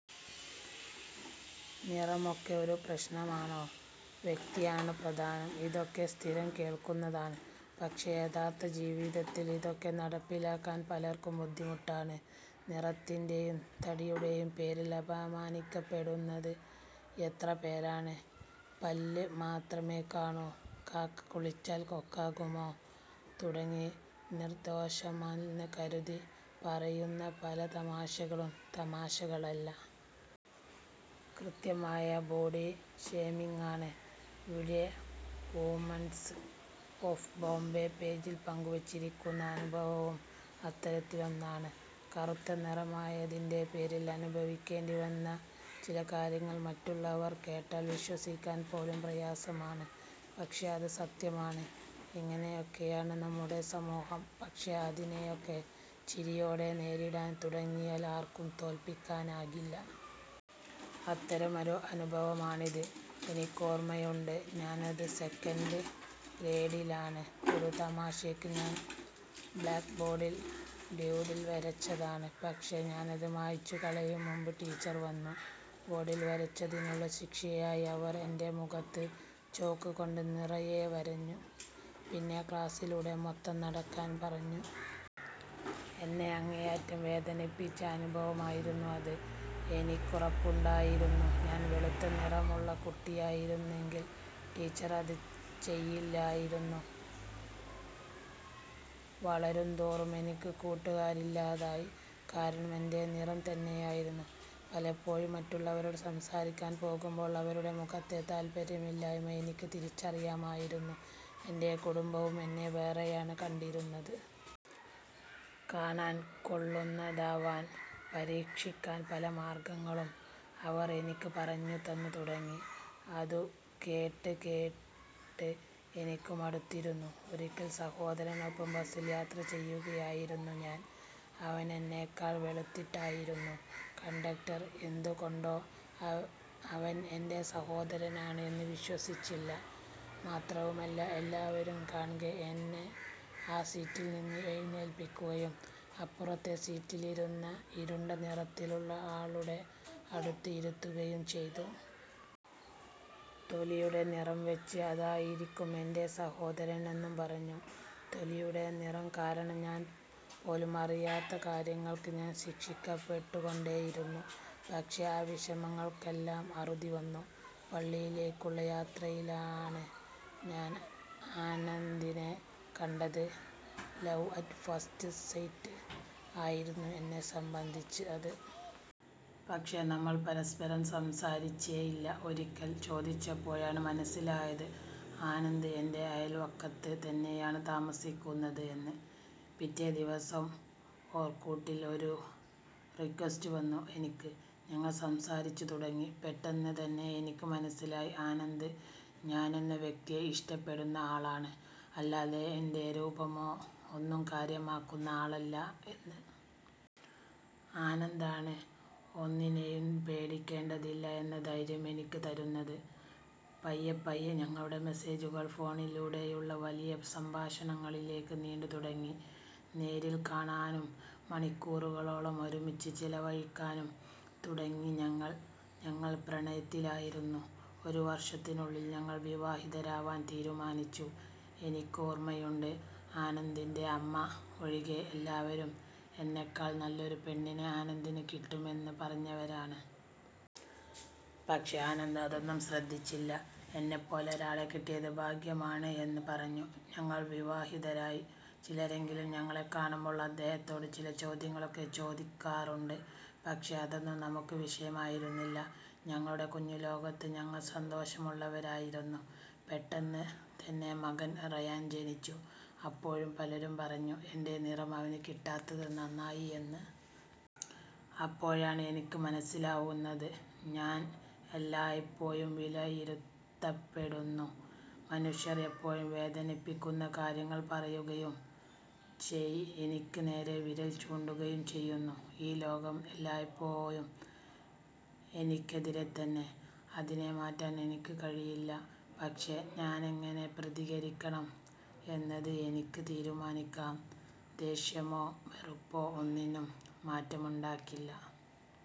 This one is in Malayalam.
നിറമൊക്കെ ഒരു പ്രശ്നമാണോ? വ്യക്തിയാണ് പ്രധാനം. ഇതൊക്കെ സ്ഥിരം കേൾക്കുന്നതാണ്. പക്ഷേ യഥാർഥ ജീവിതത്തിൽ ഇതൊക്കെ നടപ്പിലാക്കാൻ പലർക്കും ബുദ്ധിമുട്ടാണ്. നിറത്തിൻ്റെയും തടിയുടെയും പേരിൽ അപമാനിക്കപ്പെടുന്നത് എത്ര പേരാണ്? പല്ല് മാത്രമേ കാണൂ, കാക്ക കുളിച്ചാൽ കൊക്കാകുമോ തുടങ്ങി നിർദോഷമെന്ന് കരുതി പറയുന്ന പല തമാശകളും തമാശകളല്ല. കൃത്യമായ ബോഡി ഷേമിങ്ങാണ്. ഇവിടെ ഹ്യൂമൻസ് ഓഫ് ബോംബെ പേജിൽ പങ്കുവെച്ചിരിക്കുന്ന അനുഭവവും അത്തരത്തിലൊന്നാണ്. കറുത്ത നിറമായതിൻ്റെ പേരിൽ അനുഭവിക്കേണ്ടി വന്ന ചില കാര്യങ്ങൾ മറ്റുള്ളവർ കേട്ടാൽ വിശ്വസിക്കാൻ പോലും പ്രയാസമാണ്. പക്ഷേ അത് സത്യമാണ്. ഇങ്ങനെയൊക്കെയാണ് നമ്മുടെ സമൂഹം. പക്ഷേ അതിനെയൊക്കെ ചിരിയോടെ നേരിടാൻ തുടങ്ങിയാൽ ആർക്കും തോൽപ്പിക്കാനാകില്ല. അത്തരം ഒരു അനുഭവമാണിത്. എനിക്കോർമയുണ്ട്. ഞാനന്ന് സെക്കൻഡ് ഗ്രേഡിലാണ്. ഒരു തമാശയ്ക്ക് ഞാൻ ബ്ലാക്ക്ബോർഡിൽ ഡൂഡിൽ വരച്ചതാണ്. പക്ഷേ ഞാനത് മായ്ച്ചുകളയും മുമ്പ് ടീച്ചർ വന്നു. ബോർഡിൽ വരച്ചതിനുള്ള ശിക്ഷയായി അവർ എൻ്റെ മുഖത്ത് ചോക്ക് കൊണ്ട് നിറയെ വരഞ്ഞു. പിന്നെ ക്ലാസിലൂടെ മൊത്തം നടക്കാൻ പറഞ്ഞു. എന്നെ അങ്ങേയറ്റം വേദനിപ്പിച്ച അനുഭവമായിരുന്നു അത്. എനിക്കുറപ്പുണ്ടായിരുന്നു ഞാൻ വെളുത്ത നിറമുള്ള കുട്ടിയായിരുന്നുവെങ്കിൽ ടീച്ചർ അത് ചെയ്യില്ലായിരുന്നു. വളരുന്തോറും എനിക്ക് കൂട്ടുകാരില്ലാതായി. കാരണം എൻ്റെ നിറം തന്നെയായിരുന്നു. പലപ്പോഴും മറ്റുള്ളവരോട് സംസാരിക്കാൻ പോകുമ്പോൾ അവരുടെ മുഖത്തെ താൽപര്യമില്ലായ്മ എനിക്ക് തിരിച്ചറിയാമായിരുന്നു. എൻ്റെ കുടുംബവും എന്നെ വേറെയാണ് കണ്ടിരുന്നത്. കാണാൻ കൊള്ളുന്നതാവാൻ പരീക്ഷിക്കാൻ പല മാർഗങ്ങളും അവർ എനിക്ക് പറഞ്ഞുതന്ന് തുടങ്ങി. അത് കേട്ടുകേട്ട് എനിക്ക് മടുത്തിരുന്നു. ഒരിക്കൽ സഹോദരനൊപ്പം ബസിൽ യാത്ര ചെയ്യുകയായിരുന്നു ഞാൻ. അവനെന്നെക്കാൾ വെളുത്തിട്ടായിരുന്നു. കണ്ടക്ടർ എന്തുകൊണ്ടോ അവൻ എൻ്റെ സഹോദരനാണ് എന്ന് വിശ്വസിച്ചില്ല. മാത്രവുമല്ല എല്ലാവരും കാൺകെ എന്നെ ആ സീറ്റിൽ നിന്ന് എഴുന്നേൽപ്പിക്കുകയും അപ്പുറത്തെ സീറ്റിലിരുന്ന ഇരുണ്ട നിറത്തിലുള്ള ആളുടെ അടുത്ത് ഇരുത്തുകയും ചെയ്തു. തൊലിയുടെ നിറം വെച്ച് അതായിരിക്കും എൻ്റെ സഹോദരനെന്നും പറഞ്ഞു. തൊലിയുടെ നിറം കാരണം ഞാൻ പോലും അറിയാത്ത കാര്യങ്ങൾക്ക് ഞാൻ ശിക്ഷിക്കപ്പെട്ടുകൊണ്ടേയിരുന്നു. പക്ഷേ ആ വിഷമങ്ങൾക്കെല്ലാം അറുതി വന്നു. പള്ളിയിലേക്കുള്ള യാത്രയിലാണ് ഞാൻ ആനന്ദിനെ കണ്ടത്. ലവ് അറ്റ് ഫസ്റ്റ് സൈറ്റ് ആയിരുന്നു എന്നെ സംബന്ധിച്ച് അത്. പക്ഷേ നമ്മൾ പരസ്പരം സംസാരിച്ചേയില്ല. ഒരിക്കൽ ചോദിച്ചപ്പോഴാണ് മനസ്സിലായത് ആനന്ദ് എൻ്റെ അയൽവക്കത്ത് തന്നെയാണ് താമസിക്കുന്നത് എന്ന്. പിറ്റേദിവസം ഓർക്കൂട്ടിൽ ഒരു റിക്വസ്റ്റ് വന്നു എനിക്ക്. ഞങ്ങൾ സംസാരിച്ചു തുടങ്ങി. പെട്ടെന്ന് തന്നെ എനിക്ക് മനസ്സിലായി ആനന്ദ് ഞാനെന്ന വ്യക്തിയെ ഇഷ്ടപ്പെടുന്ന ആളാണ്. അല്ലാതെ എൻ്റെ രൂപമോ ഒന്നും കാര്യമാക്കുന്ന ആളല്ല എന്ന്. ആനന്ദാണ് ഒന്നിനെയും പേടിക്കേണ്ടതില്ല എന്ന ധൈര്യം എനിക്ക് തരുന്നത്. പയ്യപ്പയ്യെ ഞങ്ങളുടെ മെസേജുകൾ ഫോണിലൂടെയുള്ള വലിയ സംഭാഷണങ്ങളിലേക്ക് നീണ്ടുതുടങ്ങി. നേരിൽ കാണാനും മണിക്കൂറുകളോളം ഒരുമിച്ച് ചെലവഴിക്കാനും തുടങ്ങി ഞങ്ങൾ. ഞങ്ങൾ പ്രണയത്തിലായിരുന്നു. ഒരു വർഷത്തിനുള്ളിൽ ഞങ്ങൾ വിവാഹിതരാവാൻ തീരുമാനിച്ചു. എനിക്കോർമയുണ്ട്. ആനന്ദിൻ്റെ അമ്മ ഒഴികെ എല്ലാവരും എന്നേക്കാൾ നല്ലൊരു പെണ്ണിനെ ആനന്ദിന് കിട്ടും എന്ന് പറഞ്ഞവരാണ്. പക്ഷേ ആനന്ദ് അതൊന്നും ശ്രദ്ധിച്ചില്ല. എന്നെപ്പോലൊരാളെ കിട്ടിയത് ഭാഗ്യമാണ് എന്ന് പറഞ്ഞു. ഞങ്ങൾ വിവാഹിതരായി. ചിലരെങ്കിലും ഞങ്ങളെ കാണുമ്പോൾ അദ്ദേഹത്തോട് ചില ചോദ്യങ്ങളൊക്കെ ചോദിക്കാറുണ്ട്. പക്ഷേ അതൊന്നും നമുക്ക് വിഷയമായിരുന്നില്ല. ഞങ്ങളുടെ കുഞ്ഞുലോകത്ത് ഞങ്ങൾ സന്തോഷമുള്ളവരായിരുന്നു. പെട്ടെന്ന് തന്നെ മകൻ റയാൻ ജനിച്ചു. അപ്പോഴും പലരും പറഞ്ഞു എൻ്റെ നിറം അവന് കിട്ടാത്തത് നന്നായി എന്ന്. അപ്പോഴാണ് എനിക്ക് മനസ്സിലാവുന്നത് ഞാൻ എല്ലായ്പ്പോഴും വിലയിരുത്തപ്പെടുന്നു, മനുഷ്യർ എപ്പോഴും വേദനിപ്പിക്കുന്ന കാര്യങ്ങൾ പറയുകയും എനിക്ക് നേരെ വിരൽ ചൂണ്ടുകയും ചെയ്യുന്നു.ഈ ലോകം എല്ലായ്പ്പോഴും എനിക്കെതിരെ തന്നെ. അതിനെ മാറ്റാൻ എനിക്ക് കഴിയില്ല. പക്ഷേ ഞാനെങ്ങനെ പ്രതികരിക്കണം എന്നത് എനിക്ക് തീരുമാനിക്കാം. ദേഷ്യമോ വെറുപ്പോ ഒന്നിനും മാറ്റമുണ്ടാക്കില്ല.